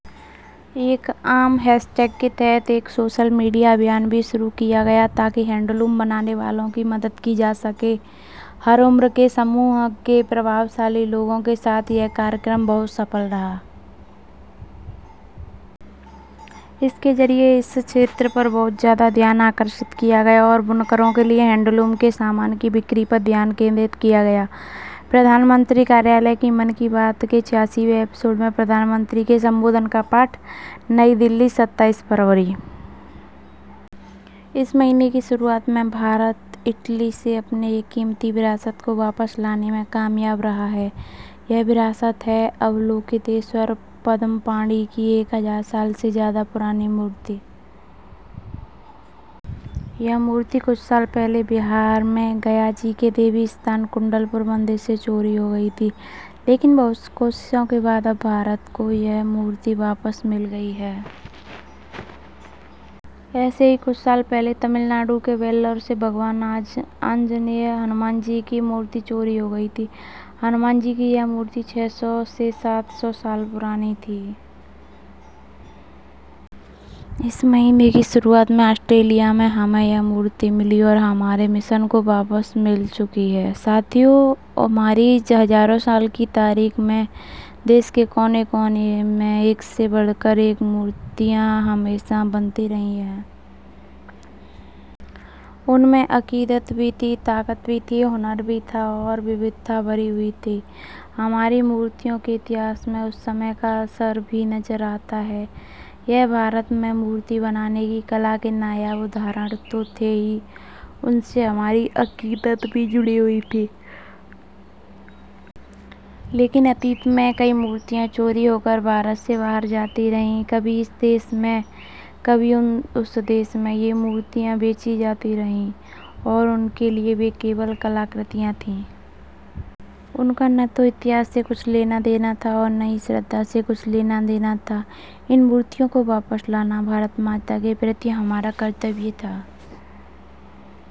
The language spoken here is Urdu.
ایک عام ہیش ٹیگ کے تحت ایک سوشل میڈیا مہم بھی شروع کی گئی، تاکہ ہینڈلوم بنانے والوں کی مدد کی جا سکے۔ ہر عمر کے گروپ کے متاثر کن لوگوں کے ساتھ یہ تقریب بہت کامیاب رہی۔ اس کے ذریعے اس شعبے پر بہت زیادہ توجہ دلائی گئی اور بنکروں کے لیے ہینڈلوم کے سامان کی فروخت پر توجہ مرکوز کی گئی۔ وزیر اعظم کا دفتر من کی بات کے چھیاسی ویں ایپی سوڈ میں وزیر اعظم کے خطاب کا متن نئی دہلی، ستائیس فروری۔ اس ماہ کے شروع میں بھارت اٹلی سے اپنے ایک قیمتی ورثے کو واپس لانے میں کامیاب رہا ہے۔ یہ ورثہ ہے، اولوکیتیشورا پدم پانی کی ایک ہزار سال سے زیادہ پرانی مورتی۔ یہ مورتی کچھ سال پہلے بہار میں گیا جی کے دیوی مقام، کنڈل پور مندر سے چوری ہو گئی تھی۔ لیکن بہت کوششوں کے بعد اب بھارت کو یہ مورتی واپس مل گئی ہے۔ ایسے ہی کچھ سال پہلے تمل ناڈو کے ویلور سے بھگوان آنجنیئر، ہنومان جی کی مورتی چوری ہو گئی تھی۔ ہنومان جی کی یہ مورتی چھ سو سے سات سو سال پرانی تھی۔ اس ماہ کے شروع میں آسٹریلیا میں ہمیں یہ مورتی ملی اور ہمارے مشن کو واپس مل چکی ہے۔ ساتھیو، ہماری ہزاروں سال کی تاریخ میں ملک کے کونے کونے میں ایک سے بڑھ کر ایک مورتیاں ہمیشہ بنتی رہی ہیں۔ ان میں عقیدت بھی تھی، طاقت بھی تھی، ہنر بھی تھا اور تنوع بھی بھرا ہوا تھا۔ ہماری مورتیوں کی تاریخ میں اُس وقت کا اثر بھی نظر آتا ہے۔ یہ بھارت میں مورتی بنانے کے فن کی نایاب مثالیں تو تھیں ہی، ان سے ہماری عقیدت بھی جڑی ہوئی تھی۔ لیکن ماضی میں بہت سی مورتیاں چوری ہو کر بھارت سے باہر جاتی رہیں۔ کبھی اس ملک میں، کبھی اس ملک میں، یہ مورتیاں بیچی جاتی رہیں اور ان کے لیے وہ صرف فن پارے تھے۔ ان کا تاریخ سے کچھ لینا دینا تھا اور نہ ہی عقیدت سے کچھ لینا دینا تھا۔ ان مورتیوں کو واپس لانا بھارت ماتا کے تئیں ہمارا فرض تھا۔